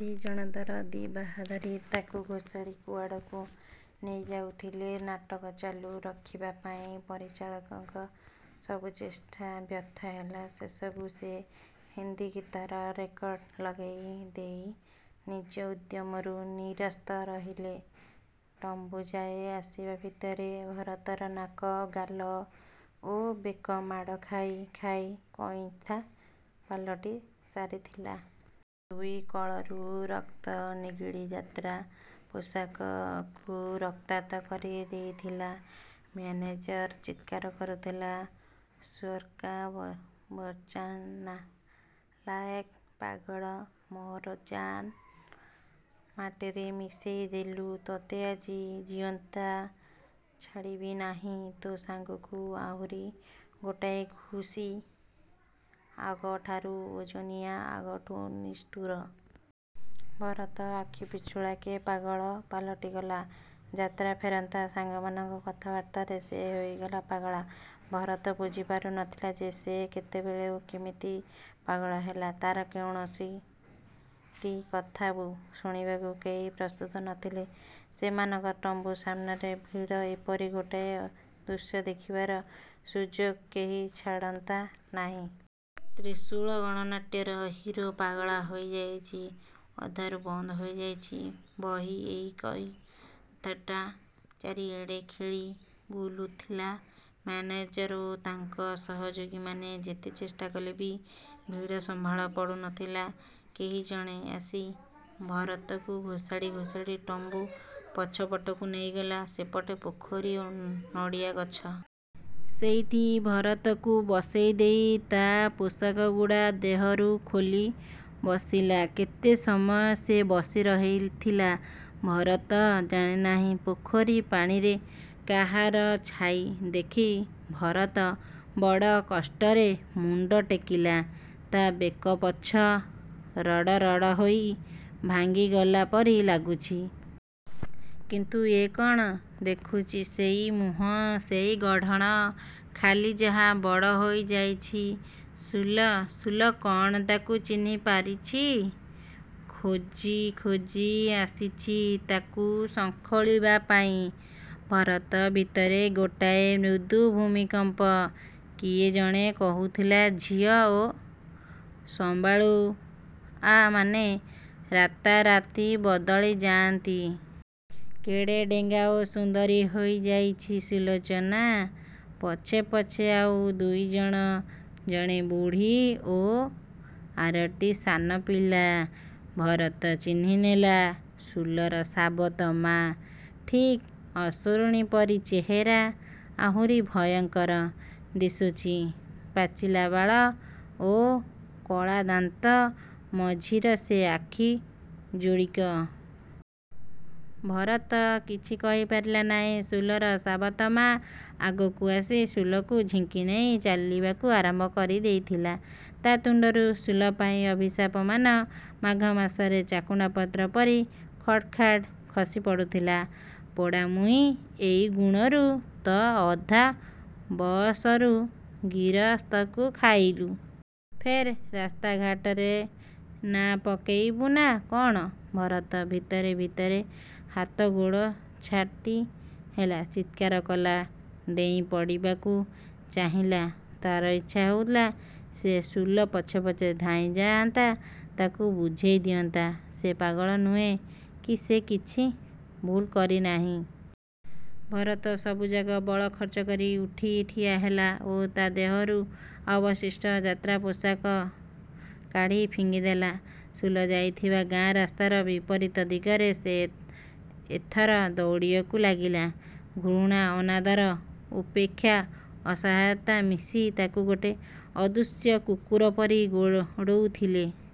ଦି ଜଣ ତାର ଦି ବାହା ଧରି ତାକୁ ଘୋଷାଡ଼ି କୁଆଡ଼କୁ ନେଇଯାଉଥିଲେ। ନାଟକ ଚାଲୁ ରଖିବା ପାଇଁ ପରିଚାଳକଙ୍କ ସବୁ ଚେଷ୍ଟା ବ୍ୟର୍ଥ ହେଲା। ଶେଷକୁ ସେ ହିନ୍ଦୀ ଗୀତର ରେକର୍ଡ ଲଗେଇ ଦେଇ ନିଜ ଉଦ୍ୟମରୁ ନିରସ୍ତ ରହିଲେ। ଟମ୍ବୁଯାଏ ଆସିବା ଭିତରେ ଭରତର ନାକ, ଗାଲ ଓ ବେକ ମାଡ଼ ଖାଇ ଖାଇ କଇଁଥା ପାଲଟି ସାରିଥିଲା। ଦୁଇ କଳରୁ ରକ୍ତ ନିଗିଡ଼ି ଯାତ୍ରା ପୋଷାକକୁ ରକ୍ତାକ୍ତ କରିଦେଇଥିଲା। ମ୍ୟାନେଜର ଚିତ୍କାର କରୁଥିଲା, "ସୁଅରକା ବଚ୍ଚା, ନାଲାଏକ୍। ପାଗଳ। ମୋର ଜାନ୍ ମାଟିରେ ମିଶେଇଦେଲୁ, ତୋତେ ଆଜି ଜିଅନ୍ତା ଛାଡ଼ିବି ନାହିଁ" ତା ସାଙ୍ଗକୁ ଆହୁରି ଗୋଟାଏ ଘୁଷି, ଆଗଠାରୁ ଓଜନିଆ, ଆଗଠୁଁ ନିଷ୍ଠୁର। ଭରତ ଆଖିପିଛୁଳାକେ ପାଗଳ ପାଲଟିଗଲା। ଯାତ୍ରାଫେରନ୍ତା ସାଙ୍ଗମାନଙ୍କ କଥାବାର୍ତ୍ତାରେ ସେ ହୋଇଗଲା ପାଗଳା। ଭରତ ବୁଝିପାରୁନଥିଲା ଯେ ସେ କେତେବେଳେ ଓ କେମିତି ପାଗଳ ହେଲା? ତାର କୌଣସିଟି କଥାକୁ ଶୁଣିବାକୁ କେହି ପ୍ରସ୍ତୁତ ନ ଥିଲେ। ସେମାନଙ୍କ ଟମ୍ବୁ ସାମ୍ନାରେ ଭିଡ଼। ଏପରି ଗୋଟାଏ ଦୃଶ୍ୟ ଦେଖିବାର ସୁଯୋଗ କେହି ଛାଡ଼ନ୍ତା ନାହିଁ। 'ତ୍ରିଶୂଳ ଗଣନାଟ୍ୟ'ର ହିରୋ ପାଗଳା ହୋଇଯାଇଛି। ଅଧାରୁ ବନ୍ଦ ହୋଇଯାଇଛି ବହି, ଏହି କଇ ଥାଟା ଚାରିଆଡ଼େ ଖେଳିବୁଲୁଥିଲା। ମ୍ୟାନେଜର ଓ ତାଙ୍କ ସହଯୋଗୀମାନେ ଯେତେ ଚେଷ୍ଟା କଲେ ବି ଭିଡ଼ ସମ୍ଭାଳ ପଡ଼ୁ ନଥିଲା। କେହିଜଣେ ଆସି ଭରତକୁ ଘୋଷାଡ଼ି ଘୋଷାଡ଼ି ଟମ୍ବୁ ପଛପଟକୁ ନେଇଗଲା। ସେପଟେ ପୋଖରୀ ଓ ନଡ଼ିଆଗଛ। ସେଇଠି ଭରତକୁ ବସେଇ ଦେଇ ତା ପୋଷାକଗୁଡ଼ା ଦେହରୁ ଖୋଲି ବସିଲା। କେତେ ସମୟ ସେ ବସିରହିଥିଲା ଭରତ ଜାଣେ ନାହିଁ। ପୋଖରୀ ପାଣିରେ କାହାର ଛାଇ ଦେଖି ଭରତ ବଡ଼ କଷ୍ଟରେ ମୁଣ୍ଡ ଟେକିଲା। ତା ବେକପଛ ରଡ଼ରଡ଼ ହୋଇ ଭାଙ୍ଗିଗଲା ପରି ଲାଗୁଛି। କିନ୍ତୁ ଏ କଣ ଦେଖୁଛି! ସେଇ ମୁହଁ, ସେଇ ଗଢ଼ଣ। ଖାଲି ଯାହା ବଡ଼ ହୋଇଯାଇଛି ସୁଲ। ସୁଲ କଣ ତାକୁ ଚିହ୍ନିପାରିଛି? ଖୋଜି ଖୋଜି ଆସିଛି ତାକୁ ଶଙ୍ଖୋଳିବା ପାଇଁ! ଭରତ ଭିତରେ ଗୋଟାଏ ମୃଦୁ ଭୂମିକମ୍ପ। କିଏ ଜଣେ କହୁଥିଲା ଝିଅ ଓ ସଁବାଳୁଆମାନେ ରାତାରାତି ବଦଳି ଯାଆନ୍ତି। କେଡ଼େ ଡେଙ୍ଗା ଓ ସୁନ୍ଦରୀ ହୋଇଯାଇଛି ସୁଲୋଚନା? ପଛେ ପଛେ ଆଉ ଦୁଇଜଣ। ଜଣେ ବୁଢ଼ୀ ଓ ଆରଟି ସାନ ପିଲା। ଭରତ ଚିହ୍ନିନେଲା, ସୁଲର ସାବତ ମା। ଠିକ୍ ଅସୁରୁଣୀ ପରି ଚେହେରା, ଆହୁରି ଭୟଙ୍କର ଦିଶୁଛି। ପାଚିଲା ବାଳ ଓ କଳାଦାନ୍ତ ମଝିର ସେ ଆଖିଯୋଡ଼ିକ। ଭରତ କିଛି କହିପାରିଲା ନାହିଁ। ସୁଲର ସାବତ ମା ଆଗକୁ ଆସି ସୁଲକୁ ଝିଙ୍କିନେଇ ଚାଲିବାକୁ ଆରମ୍ଭ କରିଦେଇଥିଲା। ତା ତୁଣ୍ଡରୁ ସୁଲ ପାଇଁ ଅଭିଶାପମାନ ମାଘମାସରେ ଚାକୁଣ୍ଡା ପତ୍ର ପରି ଖଡ୍‌ଖାଡ୍ ଖସିପଡ଼ୁଥିଲା। "ପୋଡ଼ାମୁହୀଁ, ଏଇ ଗୁଣରୁ ତ ଅଧା ବଅସରୁ ଗିରସ୍ତକୁ ଖାଇଲୁ।" ଫେର୍ ରାସ୍ତାଘାଟରେ ନାଁ ପକେଇବୁ ନା କ'ଣ? ଭରତ ଭିତରେ ଭିତରେ ହାତଗୋଡ଼ ଛାଟିହେଲା, ଚିତ୍କାର କଲା। ଡେଇଁ ପଡ଼ିବାକୁ ଚାହିଁଲା। ତାର ଇଚ୍ଛା ହେଉଥିଲା ସେ ସୁଲ ପଛେ ପଛେ ଧାଇଁ ଯାଆନ୍ତା, ତାକୁ ବୁଝେଇ ଦିଅନ୍ତା। ସେ ପାଗଳ ନୁହେଁ କି ସେ କିଛି ଭୁଲ୍ କରିନାହିଁ। ଭରତ ସବୁଯାକ ବଳ ଖର୍ଚ୍ଚ କରି ଉଠି ଠିଆହେଲା ଓ ତା ଦେହରୁ ଅବଶିଷ୍ଟ ଯାତ୍ରାପୋଷାକ କାଢ଼ି ଫିଙ୍ଗିଦେଲା। ସୁଲ ଯାଇଥିବା ଗାଁ ରାସ୍ତାର ବିପରୀତ ଦିଗରେ ସେ ଏଥର ଦଉଡ଼ିବାକୁ ଲାଗିଲା। ଘୃଣା, ଅନାଦର, ଉପେକ୍ଷା ଓ ଅସହାୟତା ମିଶି ତାକୁ ଗୋଟେ ଅଦୃଶ୍ୟ କୁକୁର ପରି ଗୋଡ଼ଉଥିଲେ।